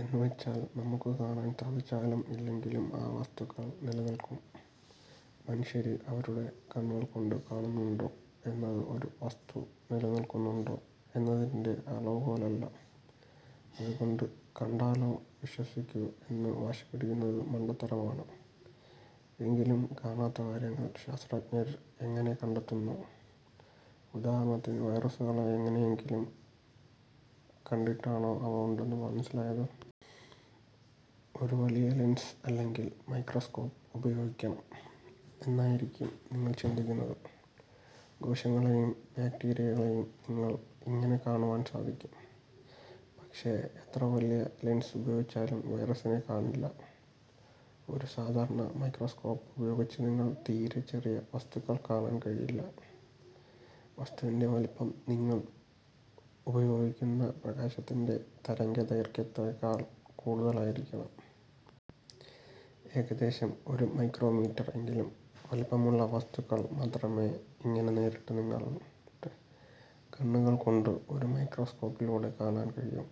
എന്നുവച്ചാല് നമുക്ക് കാണാന് സാധിച്ചാലും ഇല്ലെങ്കിലും ആ വസ്തുക്കള് നിലനില്ക്കും. മനുഷ്യര് അവരുടെ കണ്ണുകള്കൊണ്ട് കാണുന്നുണ്ടോ എന്നത് ഒരു വസ്തു നിലനില്ക്കുന്നുണ്ടോ എന്നതിന്റെ അളവുകോലല്ല. അതുകൊണ്ട് കണ്ടാലേ വിശ്വസിക്കൂ എന്ന് വാശിപിടിക്കുന്നത് മണ്ടത്തരമാണ്. എങ്കിലും കാണാത്ത കാര്യങ്ങള് ശാസ്ത്രഞ്ജര് എങ്ങനെ കണ്ടെത്തുന്നു. ഉദാഹരണത്തിന് വൈറസുകളെ എങ്ങനെയെങ്കിലും കണ്ടിട്ടാണോ അവ ഉണ്ടെന്നു മനസിലായത്. ഒരു വലിയ ലെൻസ് അല്ലെങ്കില് മൈക്രോസ്കോപ്പ് ഉപയോഗിക്കണം എന്നായിരിക്കും നിങ്ങള് ചിന്തിക്കുന്നത്. കോശങ്ങളെയും ബാക്റ്റീരിയകളെയും നിങ്ങള്ക്ക് ഇങ്ങനെ കാണുവാന് സാധിക്കും. പക്ഷേ എത്ര വലിയ ലൻസ് ഉപയോഗിച്ചാലും വൈറസിനെ കാണില്ല. ഒരു സാധാരണ മൈക്രോസ്കോപ്പ് ഉപയോഗിച്ച് നിങ്ങള്ക്ക് തീരെ ചെറിയ വസ്തുക്കള് കാണാന് കഴിയില്ല. വസ്തുവിന്റെ വലിപ്പം നിങ്ങള് ഉപയോഗിക്കുന്ന പ്രകാശത്തിന്റെ തരംഗദൈര്ഘ്യത്തേക്കാള് കൂടുതല് ആയിരിക്കണം. ഏകദേശം ഒരു മൈക്രോമീറ്റര് എങ്കിലും വലിപ്പമുള്ള വസ്തുക്കള് മാത്രമേ ഇങ്ങനെ നേരിട്ട് നിങ്ങളുടെ കണ്ണുകള് കൊണ്ട് ഒരു മൈക്രോസ്കോപ്പിലൂടെ കാണാന് കഴിയൂ.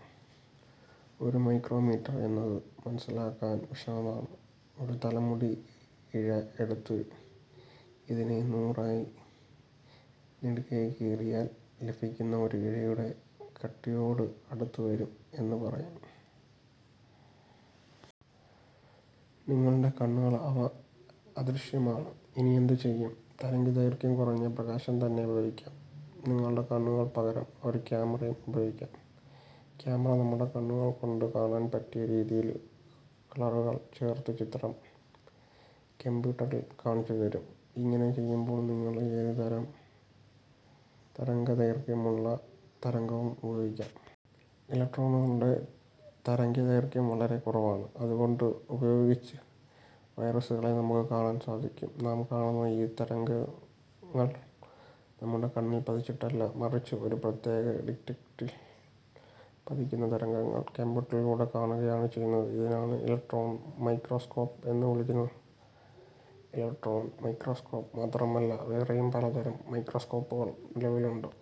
ഒരു മൈക്രോമീറ്റര് എന്നത് മനസിലാക്കാന് വിഷമമാണ്. ഒരു തലമുടി ഇഴ എടുത്തു ഇതിനെ നൂറായി നെടുകെ കീറിയാല് ലഭിക്കുന്ന ഒരു ഇഴയുടെ കട്ടിയോട് അടുത്തുവരും എന്ന് പറയാം. നിങ്ങളുടെ കണ്ണുകൾക്ക് അവ അദൃശ്യമാണ്. ഇനിയെന്തു ചെയ്യും. തരംഗദൈർഘ്യം കുറഞ്ഞ പ്രകാശം തന്നെ ഉപയോഗിക്കാം. നിങ്ങളുടെ കണ്ണുകൾക്ക് പകരം ഒരു ക്യാമറയും ഉപയോഗിക്കാം. ക്യാമറ, നമ്മുടെ കണ്ണുകൾ കൊണ്ട് കാണാന് പറ്റിയ രീതിയില് കളറുകള് ചേർത്ത് ചിത്രം കമ്പ്യൂട്ടറില് കാണിച്ചുതരും. ഇങ്ങനെ ചെയ്യുമ്പോള് നിങ്ങള്ക്ക് ഏത് തരംഗ ദൈർഘ്യമുള്ള തരംഗവും ഉപയോഗിക്കാം. ഇലക്ട്രോണുകളുടെ തരംഗദൈർഘ്യം വളരെ കുറവാണ്. അതുകൊണ്ട് ഇതുപയോഗിച്ച് വൈറസുകളെ നമുക്ക് കാണുവാന് സാധിക്കും. നാം കാണുന്നത് ഈ തരംഗങ്ങള് നമ്മുടെ കണ്ണില് പതിച്ചിട്ടല്ല. മറിച്ചു ഒരു പ്രത്യേക ഡിറ്റക്ടറില് പതിക്കുന്ന തരംഗങ്ങള് കമ്പ്യൂട്ടറിലൂടെ കാണുകയാണ് ചെയ്യുന്നത്. ഇതിനാണ് ഇലക്ട്രോണ് മൈക്രോസ്കോപ് എന്നുവിളിക്കുന്നത്. ഇലക്ട്രോണ് മൈക്രോസ്കോപ്പ് മാത്രമല്ല വേറെയും പലതരം മൈക്രൊസ്കൊപ്പുകള് നിലവിലുണ്ട്.